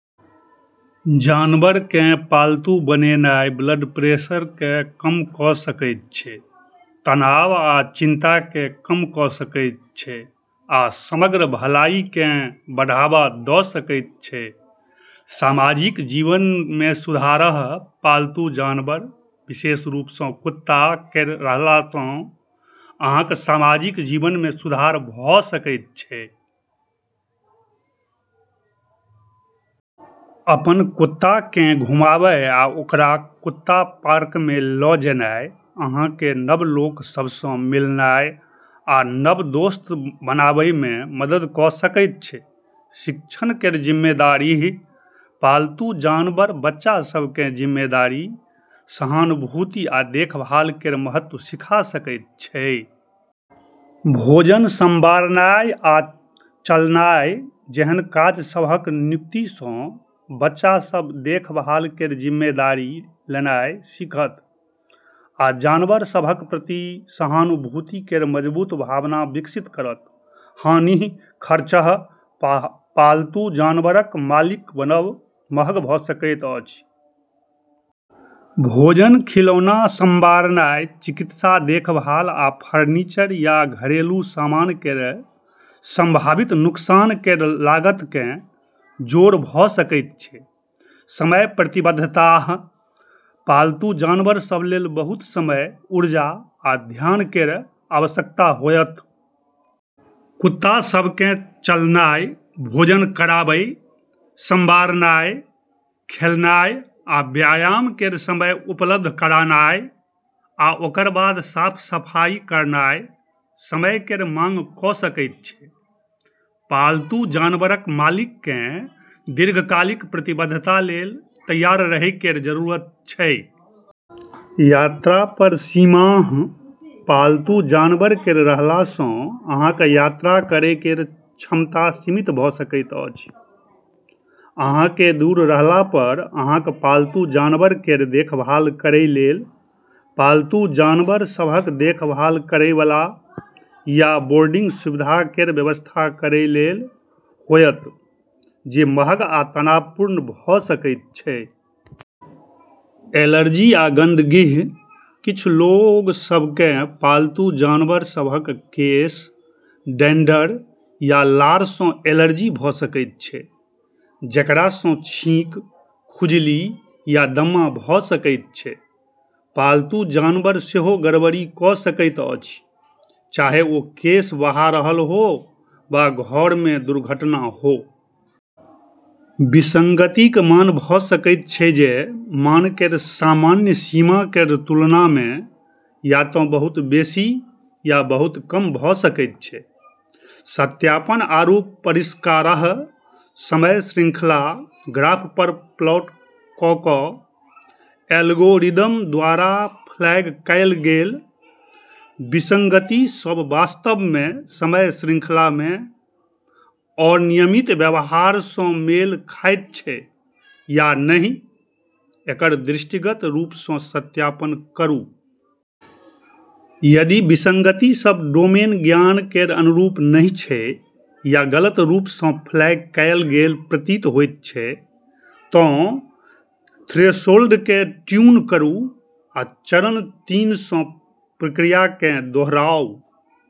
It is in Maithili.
जानवरकेँ पालतू बनानाय ब्लड प्रेशरकेँ कम कऽ सकैत छै, तनाव आ चिंताकेँ कम कऽ सकैत छै आ समग्र भलाईकेँ बढ़ावा दऽ सकैत छै। सामाजिक जीवनमे सुधार: पालतू जानवर, विशेष रूपसँ कुत्ता केर रहलासँ अहाँक सामाजिक जीवनमे सुधार भऽ सकैत छै। अपन कुत्ताकेँ घुमाबय वा ओकरा कुत्ता पार्कमे ल' जेनाय अहाँकेँ नव लोग सभसँ मिलनाय आ नव दोस्त बनाबैमे मदद कऽ सकैत छै। शिक्षण केर जिम्मेदारी: पालतू जानवर बच्चा सभकेँ जिम्मेदारी, सहानुभूति, आ देखभाल केर महत्व सिखा सकैत छै। भोजन, संवारनाय, आ चलनाय जेहन काज सभक नियुक्तिसँ बच्चा सभ देखभाल केर जिम्मेदारी लेनाय सीखत आ जानवर सभक प्रति सहानुभूति केर मजबूत भावना विकसित करत। हानि: खर्च: पालतू जानवरक मालिक बनब महग भऽ सकैत अछि। भोजन, खिलौना, संवारनाय, चिकित्सा देखभाल, आ फर्नीचर या घरेलू सामान केर संभावित नुकसान केर लागतकेँ जोड़ भऽ सकैत छै। समय प्रतिबद्धता: पालतू जानवर सभ लेल बहुत समय, ऊर्जा, आ ध्यान केर आवश्यकता होयत। कुत्ता सभकेँ चलनाय, भोजन कराबै, संवारनाय, खेलनाय आ व्यायाम केर समय उपलब्ध करानाय, आ ओकर बाद साफ-सफाई करनाय समय केर मांग कऽ सकैत छै। पालतू जानवरक मालिककेँ दीर्घकालिक प्रतिबद्धता लेल तैयार रहै केर जरूरत छै। यात्रापर सीमा: पालतू जानवर केर रहलासँ अहाँक यात्रा करै केर क्षमता सीमित भऽ सकैत अछि। अहाँकेँ दूर रहलापर अहाँक पालतू जानवर केर देखभाल करै लेल पालतू जानवर सभक देखभाल करैबला या बोर्डिंग सुविधा केर व्यवस्था करै लेल होयत, जे महग आ तनावपूर्ण भऽ सकैत छै। एलर्जी आ गंदगी: किछु लोग सभकेँ पालतू जानवर सभक केश, डैंडर, या लारसँ एलर्जी भऽ सकैत छै, जेकरासँ छींक, खुजली, या दमा भऽ सकैत छै। पालतू जानवर सेहो गड़बड़ी कऽ सकैत अछि, चाहे ओ केश बहा रहल हो वा घरमे दुर्घटना हो। विसंगतिक मान भऽ सकैत छै जे मान केर सामान्य सीमा केर तुलनामे या तँ बहुत बेसी या बहुत कम भऽ सकैत छै। सत्यापन आरू परिष्कार: समय श्रृंखला ग्राफपर प्लॉट कऽ कऽ एल्गोरिदम द्ववारा फ्लैग कएल गेल विसंगति सभ वास्तवमे समय श्रृंखलामे अनियमित व्यवहारसँ मेल खाइत छै या नहि, एकर दृष्टिगत रूपसँ सत्यापन करू। यदि विसंगति सभ डोमेन ज्ञान केर अनुरूप नहि छै या गलत रूपसँ फ्लैग कएल गेल प्रतीत होइत छै, तँ थ्रेशोल्डकेँ ट्यून करू आ चरण तीन सँ प्रक्रियाकेँ दोहराउ।